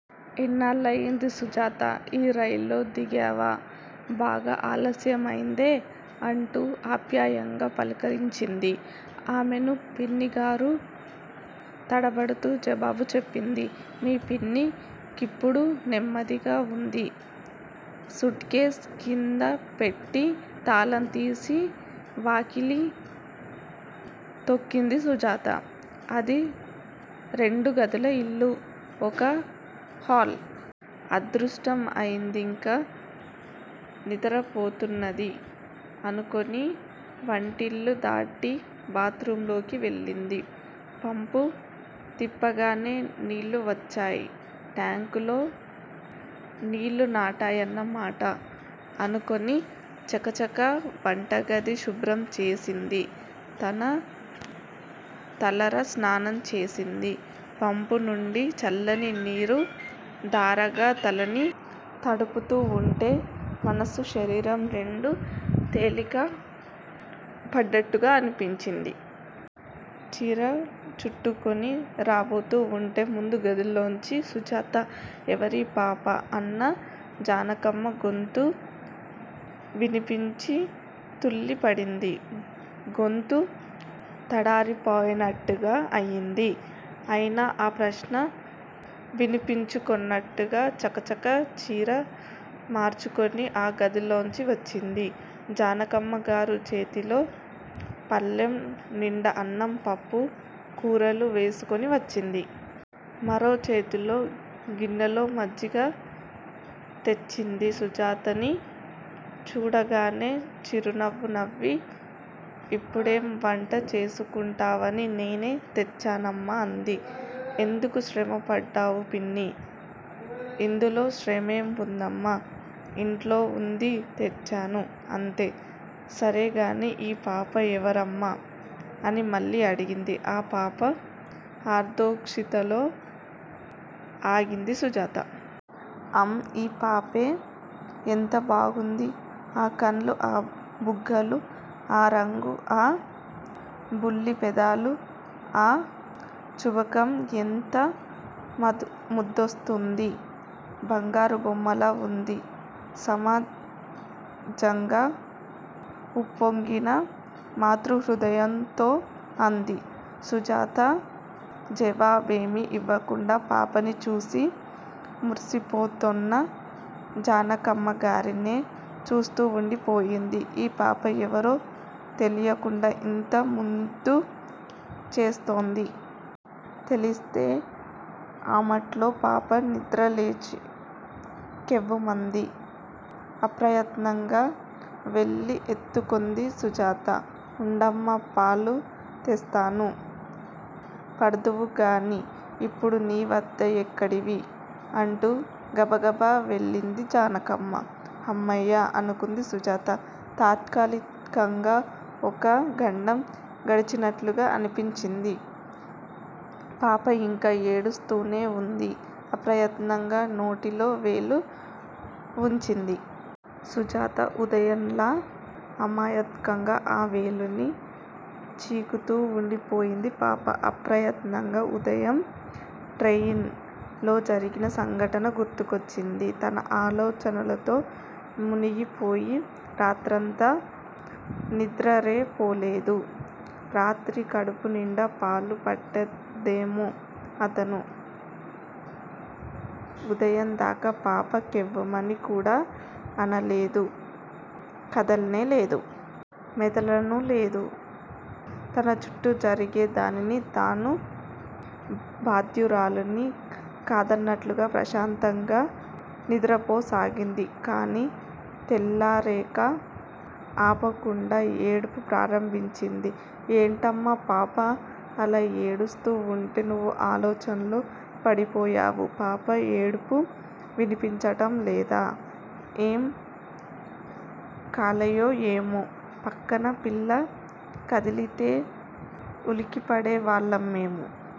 ఎన్నాళ్ళయింది సుజాతా! ఈ రైల్లో దిగేవా! బాగా ఆలస్యమైందే! అంటూ ఆప్యాయంగా పలుకరించింది. అవును పిన్నిగారూ! తడబడుతూ జవాబు చెప్పింది. మీ పిన్ని కిపుడు నెమ్మదిగా వుంది! సూట్ కేస్ క్రిందిపేట్టి తాళం తీసి, వాకిలి. తొక్కింది సుజాత. అది రెండుగదుల యిల్లు. ఒక హాల్. అదృష్టం యిదింకా నిదరపోతున్నది! అనుకుని వంటిల్లు దాటి బాత్ రూంలోకి వెళ్ళింది. పంపు తిప్పగానే నీళ్ళు వచ్చేయి. టాంక్ లో నీళ్ళున్నాయన్నమాట! అనుకుని చకచకా వంటగది శుభ్రం చేసింది. తను తలారా స్నానం చేసింది. పంపు నుండి చల్లని నీరు ధారగా తలని తడుపుతు వుంటే మనస్సు శరీరం రెండూ తేలిక పడ్డట్టుగా అనిపించింది. చీరచుట్టుకుని రాబోతూ వుంటే ముందు గదిలోంచి సుజాత! ఎవరు యీ పాపా? అన్న జనికమ్మ గొంతు వినిపించి తుళ్ళి పడింది. గొంతు తడారిపోయినట్లుగా అయింది. అయినా ఆ ప్రశ్న వినిపించుకొనట్టుగా చకచకా చీర మార్చుకుని ఆ గదిలోకి వచ్చింది. జానికమ్మగారు చేతిలో పళ్ళెం నిండా అన్నం, పప్పు, కూరలు వేసుకుని వచ్చింది. మరో చేతిలో గిన్నెలో మజ్జిగ తెచ్చింది సుజాతని చూడగానే చిరునవ్వు నవ్వి ఇప్పుడేం వంట చేసుకుంటావని నేనే తెచ్చానమ్మా! అంది. ఎందుకు శ్రమ పడ్డావు పిన్నీ! ఇందులో శ్రమేం వుందమ్మా! ఇంట్లో వుంది తెచ్చాను. అంతే! సరేగాని యీ పాపా ఎవరమ్మా? అనిమళ్ళీ అడిగింది. ఆ పాప అర్ధోక్తిలో ఆగింది సుజాత. అం యీపాపే! ఎంత బాగుంది? ఆ కళ్ళు ఆ బుగ్గలు ఆ రంగూ, ఆ బుల్లి పెదాలు, ఆ చుబాకం ఎంత ముద్దోస్తుంది! బంగారు బొమ్మలా వుంది! సహజంగా ఉప్పొంగిన మాతృహృదయంతో అంది. సుజాత జవాబేమీ యివ్వకుండా పాపని చూసి మురిసిపోతోన్న జనికమ్మగారినే చూస్తూవుండిపోయింది. ఈ పాప ఎవరో తెలియకుండాఇంత ముద్దు చేస్తోంది. తెలిస్తే అమట్లో పాప నిద్ర లేచి కెవ్వుమంది. అప్రయత్నంగా వెళ్ళిఎత్తుకుంది సుజాత. ఉండమ్మా! పాలు తెస్తాను. పడుదువుగానీ, ఇప్పుడు నీ వద్ద ఎక్కడివి? అంటూ గబగబా వెళ్ళింది జానికమ్మ. హమ్మయ్య! అనుకుంది సుజాత. తాత్కాలికంగా ఒక గండం గడిచినట్ట్లుగా అనిపించింది. పాపయింకా ఏడుస్తూనే వుంది. ఆప్రయత్నంగా నోటిలో వేలు వుంచింది. సుజాత. ఉదయం లా అమయమ్కంగా ఆ వేలిని చీకుతూ వుండిపోయింది పాప. అప్రయత్నంగా ఉదయం ట్రెయిన్ లోజరిగిన సంఘటన గుర్తుకొచ్చింది. తను ఆలోచనలతో మునిగిపోయి రాత్రంతా నిదరేపోలేదు. రాత్రి కడుపు నిండా పాలు పట్టేడేమో అతను, ఉదయం దాకా పాప కెవ్వుమని కూడా అనలేదు కదాల్నూ లేదు. మెదలనూ లేదు. తనచుట్టూ జరిగే దానికి తను బాధ్యురాలీని కాదన్నట్టుగా ప్రశాంతంగా నిదురపోసాగింది. కానీ తెల్లరేక ఆపకుండా ఏడుపు ప్రారంభించింది. ఏంటమ్మా! పాప అలా ఏడుస్తూ వుంటే నువ్వు ఆలోచనలో పడిపోయావు! పాప ఏడుపు వినిపించటం లేదా! ఎం కాలమో ఏమో! పక్కన పిల్ల కదిలితే ఉలికిపడే వాళ్ళం మేము!